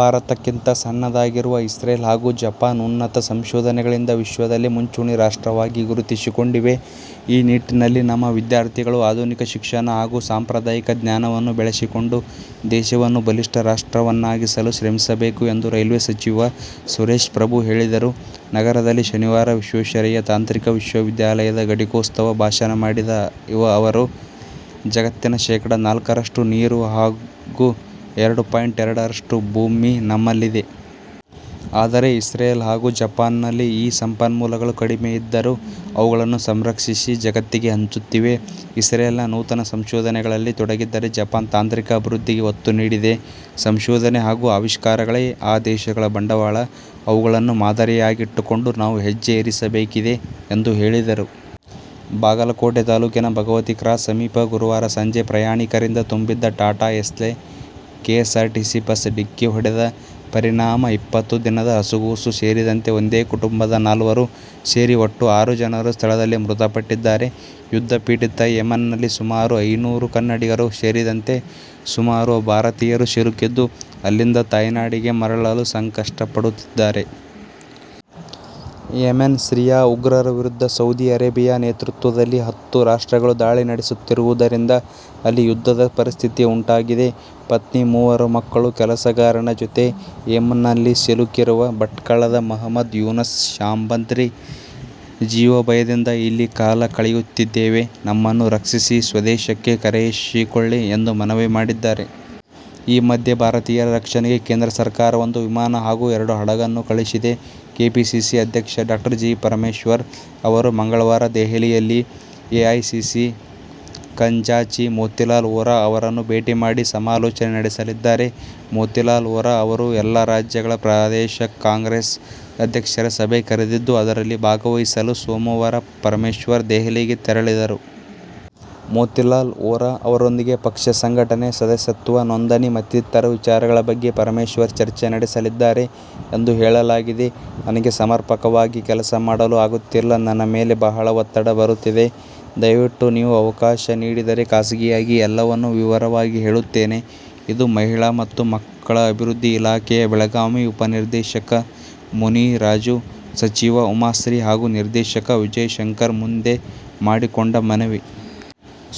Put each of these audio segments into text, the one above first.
ಭಾರತಕ್ಕಿಂತ ಸಣ್ಣದಾಗಿರುವ ಇಸ್ರೇಲ್ ಹಾಗೂ ಜಪಾನ್, ಉನ್ನತ ಸಂಶೋಧನೆಗಳಿಂದ ವಿಶ್ವದಲ್ಲೇ ಮುಂಚೂಣಿ ರಾಷ್ಟ್ರವಾಗಿ ಗುರುತಿಸಿಕೊಂಡಿವೆ. ಈ ನಿಟ್ಟಿನಲ್ಲಿ ನಮ್ಮ ವಿದ್ಯಾರ್ಥಿಗಳು ಆಧುನಿಕ ಶಿಕ್ಷಣ ಹಾಗೂ ಸಾಂಪ್ರದಾಯಿಕ ಜ್ಞಾನವನ್ನು ಬೆಳೆಸಿಕೊಂಡು ದೇಶವನ್ನು ಬಲಿಷ್ಠ ರಾಷ್ಟ್ರವನ್ನಾಗಿಸಲು ಶ್ರಮಿಸಬೇಕು ಎಂದು ರೈಲ್ವೆ ಸಚಿವ ಸುರೇಶ ಪ್ರಭು ಹೇಳಿದರು. ನಗರದಲ್ಲಿ ಶನಿವಾರ ವಿಶ್ವೇಶ್ವರಯ್ಯ ತಾಂತ್ರಿಕ ವಿಶ್ವವಿದ್ಯಾಲಯದ ಘಟಿಕೋತ್ಸವ ಭಾಷಣ ಮಾಡಿದ ಅವರು, ಜಗತ್ತಿನ ಶೇಖಡ ನಾಲ್ಕರಷ್ಟು ನೀರು ಹಾಗೂ ಎರಡು ಪಾಯಿಂಟ್ ಎರಡರಷ್ಟು ಭೂಮಿ ನಮ್ಮಲ್ಲಿದೆ. ಆದರೆ ಇಸ್ರೇಲ್ ಹಾಗೂ ಜಪಾನ್ನಲ್ಲಿ ಈ ಸಂಪನ್ಮೂಲಗಳು ಕಡಿಮೆ ಇದ್ದರೂ ಅವುಗಳನ್ನು ಸಂರಕ್ಷಿಸಿ ಜಗತ್ತಿಗೆ ಹಂಚುತ್ತಿವೆ. ಇಸ್ರೇಲ್ ನೂತನ ಸಂಶೋಧನೆಗಳಲ್ಲಿ ತೊಡಗಿದ್ದರೆ ಜಪಾನ್ ತಾಂತ್ರಿಕ ಅಭಿವೃದ್ಧಿಗೆ ಒತ್ತು ನೀಡಿದೆ. ಸಂಶೋಧನೆ ಹಾಗೂ ಅವಿಷ್ಕಾರಗಳೇ ಆ ದೇಶಗಳ ಬಂಡವಾಳ. ಅವುಗಳನ್ನು ಮಾದರಿಯಾಗಿಟ್ಟುಕೊಂಡು ನಾವೂ ಹೆಜ್ಜೆ ಇರಿಸಬೇಕಿದೆ ಎಂದು ಹೇಳಿದರು. ಬಾಗಲಕೋಟೆ ತಾಲೂಕಿನ ಭಗವತಿ ಕ್ರಾಸ್ ಸಮೀಪ ಗುರುವಾರ ಸಂಜೆ ಪ್ರಯಾಣಿಕರಿಂದ ತುಂಬಿದ್ದ ಟಾಟಾ ಏಸ್ಗೆ ಕೆಎಸ್ಆರ್ಟಿಸಿ ಬಸ್ ಡಿಕ್ಕಿ ಹೊಡೆದ ಪರಿಣಾಮ ಇಪ್ಪತ್ತು ದಿನದ ಹಸುಗೂಸು ಸೇರಿದಂತೆ ಒಂದೇ ಕುಟುಂಬದ ನಾಲ್ವರು ಸೇರಿ ಒಟ್ಟು ಆರು ಜನರು ಸ್ಥಳದಲ್ಲೇ ಮೃತಪಟ್ಟಿದ್ದಾರೆ. ಯುದ್ಧಪೀಡಿತ ಯೆಮೆನ್ನಲ್ಲಿ ಸುಮಾರು ಐನೂರು ಕನ್ನಡಿಗರು ಸೇರಿದಂತೆ ಸುಮಾರು ಭಾರತೀಯರು ಸಿಲುಕಿದ್ದು ಅಲ್ಲಿಂದ ತಾಯ್ನಾಡಿಗೆ ಮರಳಲು ಸಂಕಟ ಪಡುತ್ತಿದ್ದಾರೆ. ಯೆಮೆನ್ನ ಶಿಯಾ ಉಗ್ರರ ವಿರುದ್ಧ ಸೌದಿ ಅರೇಬಿಯಾ ನೇತೃತ್ವದಲ್ಲಿ ಹತ್ತು ರಾಷ್ಟ್ರಗಳು ದಾಳಿ ನಡೆಸುತ್ತಿರುವುದರಿಂದ ಅಲ್ಲಿ ಯುದ್ಧದ ಪರಿಸ್ಥಿತಿ ಉಂಟಾಗಿದೆ. ಪತ್ನಿ, ಮೂವರು ಮಕ್ಕಳು, ಕೆಲಸಗಾರನ ಜೊತೆ ಯೆಮೆನ್ನಲ್ಲಿ ಸಿಲುಕಿರುವ ಭಟ್ಕಳದ ಮುಹಮ್ಮದ್ ಯೂನಸ್ ಶಾಬಂದ್ರಿ, ಜೀವಭಯದಿಂದ ಇಲ್ಲಿ ಕಾಲ ಕಳೆಯುತ್ತಿದ್ದೇವೆ. ನಮ್ಮನ್ನು ರಕ್ಷಿಸಿ ಸ್ವದೇಶಕ್ಕೆ ಕರೆಯಿಸಿಕೊಳ್ಳಿ ಎಂದು ಮನವಿ ಮಾಡಿದ್ದಾರೆ. ಈ ಮಧ್ಯೆ ಭಾರತೀಯರ ರಕ್ಷಣೆಗೆ ಕೇಂದ್ರ ಸರ್ಕಾರ ಒಂದು ವಿಮಾನ ಹಾಗೂ ಎರಡು ಹಡಗನ್ನು ಕಳುಹಿಸಿದೆ. ಕೆಪಿಸಿಸಿ ಅಧ್ಯಕ್ಷ ಡಾ. ಜಿ. ಪರಮೇಶ್ವರ್ ಅವರು ಮಂಗಳವಾರ ದೆಹಲಿಯಲ್ಲಿ ಎಐಸಿಸಿ ಖಜಾಂಚಿ ಮೋತಿಲಾಲ್ ವೋರಾ ಅವರನ್ನು ಭೇಟಿ ಮಾಡಿ ಸಮಾಲೋಚನೆ ನಡೆಸಲಿದ್ದಾರೆ. ಮೋತಿಲಾಲ್ ವೋರಾ ಅವರು ಎಲ್ಲ ರಾಜ್ಯಗಳ ಪ್ರದೇಶ ಕಾಂಗ್ರೆಸ್ ಅಧ್ಯಕ್ಷರ ಸಭೆ ಕರೆದಿದ್ದು ಅದರಲ್ಲಿ ಭಾಗವಹಿಸಲು ಸೋಮವಾರ ಪರಮೇಶ್ವರ್ ದೆಹಲಿಗೆ ತೆರಳಿದರು. ಮೋತಿಲಾಲ್ ವೋರಾ ಅವರೊಂದಿಗೆ ಪಕ್ಷ ಸಂಘಟನೆ, ಸದಸ್ಯತ್ವ ನೋಂದಣಿ ಮತ್ತಿತರ ವಿಚಾರಗಳ ಬಗ್ಗೆ ಪರಮೇಶ್ವರ್ ಚರ್ಚೆ ನಡೆಸಲಿದ್ದಾರೆ ಎಂದು ಹೇಳಲಾಗಿದೆ. "ನನಗೆ ಸಮರ್ಪಕವಾಗಿ ಕೆಲಸ ಮಾಡಲು ಆಗುತ್ತಿಲ್ಲ. ನನ್ನ ಮೇಲೆ ಬಹಳ ಒತ್ತಡ ಬರುತ್ತಿದೆ. ದಯವಿಟ್ಟು ನೀವು ಅವಕಾಶ ನೀಡಿದರೆ ಖಾಸಗಿಯಾಗಿ ಎಲ್ಲವನ್ನೂ ವಿವರವಾಗಿ ಹೇಳುತ್ತೇನೆ 'ಇದು ಮಹಿಳಾ ಮತ್ತು ಮಕ್ಕಳ ಅಭಿವೃದ್ಧಿ ಇಲಾಖೆಯ ಬೆಳಗಾವಿ ಉಪನಿರ್ದೇಶಕ ಮುನಿರಾಜು ಸಚಿವೆ ಉಮಾಶ್ರೀ ಹಾಗೂ ನಿರ್ದೇಶಕ ವಿಜಯಶಂಕರ ಮುಂದೆ ಮಾಡಿಕೊಂಡ ಮನವಿ.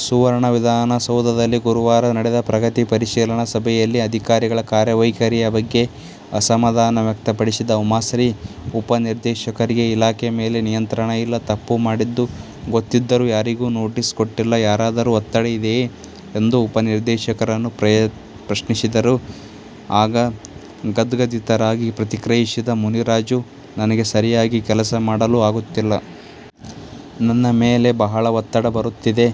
ಸುವರ್ಣ ವಿಧಾನಸೌಧದಲ್ಲಿ ಗುರುವಾರ ನಡೆದ ಪ್ರಗತಿ ಪರಿಶೀಲನಾ ಸಭೆಯಲ್ಲಿ ಅಧಿಕಾರಿಗಳ ಕಾರ್ಯ ವೈಖರಿಯ ಬಗ್ಗೆ ಅಸಮಾಧಾನ ವ್ಯಕ್ತಪಡಿಸಿದ ಉಮಾಶ್ರೀ, ಉಪನಿರ್ದೇಶಕರಿಗೆ ಇಲಾಖೆ ಮೇಲೆ ನಿಯಂತ್ರಣ ಇಲ್ಲ. ತಪ್ಪು ಮಾಡಿದ್ದು ಗೊತ್ತಿದ್ದರೂ ಯಾರಿಗೂ ನೋಟೀಸ್ ಕೊಟ್ಟಿಲ್ಲ. ಯಾರದಾದರೂ ಒತ್ತಡ ಇದೆಯೇ ಎಂದು ಉಪನಿರ್ದೇಶಕರನ್ನು ಪ್ರಶ್ನಿಸಿದರು. ಆಗ ಗದ್ಗದಿತರಾಗಿ ಪ್ರತಿಕ್ರಿಯಿಸಿದ ಮುನಿರಾಜು, " ನನಗೆ ಸರಿಯಾಗಿ ಕೆಲಸ ಮಾಡಲು ಆಗುತ್ತಿಲ್ಲ. ನನ್ನ ಮೇಲೆ ಬಹಳ ಒತ್ತಡ ಬರುತ್ತಿದೆ.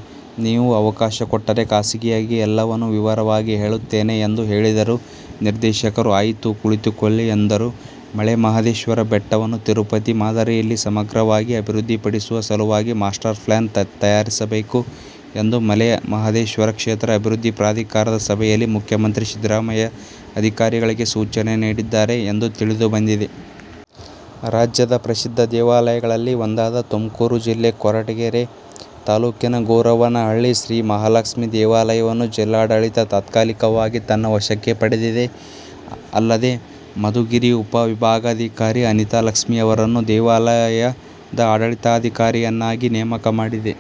ನೀವು ಅವಕಾಶ ಕೊಟ್ಟರೆ ಖಾಸಗಿಯಾಗಿ ಎಲ್ಲವನ್ನು ವಿವರವಾಗಿ ಹೇಳುತ್ತೇನೆ' ಎಂದು ಹೇಳಿದರು. ನಿರ್ದೇಶಕರು "ಆಯಿತು, ಕುಳಿತುಕೊಳ್ಳಿ' ಎಂದರು. ಮಲೆ ಮಹದೇಶ್ವರ ಬೆಟ್ಟವನ್ನು ತಿರುಪತಿ ಮಾದರಿಯಲ್ಲಿ ಸಮಗ್ರವಾಗಿ ಅಭಿವೃದ್ಧಿ ಪಡಿಸುವ ಸಲುವಾಗಿ ಮಾಸ್ಟರ್ ಪ್ಲ್ರಾನ್ ತಯಾರಿಸಬೇಕು ಎಂದು ಮಲೆ ಮಹದೇಶ್ವರ ಕ್ಷೇತ್ರ ಅಭಿವೃದ್ಧಿ ಪ್ರಾಧಿಕಾರದ ಸಭೆಯಲ್ಲಿ ಮುಖ್ಯಮಂತ್ರಿ ಸಿದ್ಧರಾಮಯ್ಯ ಅಧಿಕಾರಿಗಳಿಗೆ ಸೂಚನೆ ನೀಡಿದ್ದಾರೆ ಎಂದು ತಿಳಿದು ಬಂದಿದೆ. ರಾಜ್ಯದ ಪ್ರಸಿದ್ದ ದೇವಾಲಯಗಳಲ್ಲಿ ಒಂದಾದ ತುಮಕೂರು ಜಿಲ್ಲೆ ಕೊರಟಗೆರೆ ತಾಲೂಕಿನ ಗೊರವನಹಳ್ಳಿ ಶ್ರೀ ಮಹಾಲಕ್ಷ್ಮೀ ದೇವಾಲಯವನ್ನು ಜಿಲ್ಲಾಡಳಿತ ತಾತ್ಕಾಲಿಕವಾಗಿ ತನ್ನ ವಶಕ್ಕೆ ಪಡೆದಿದೆ. ಅಲ್ಲದೆ, ಮಧುಗಿರಿ ಉಪವಿಭಾಗಾಧಿಕಾರಿ ಅನಿತಾ ಲಕ್ಷ್ಮೀ ಅವರನ್ನು ದೇವಾಲಯದ ಆಡಳಿತಾಧಿಕಾರಿಯನ್ನಾಗಿ ನೇಮಕ ಮಾಡಿದೆ.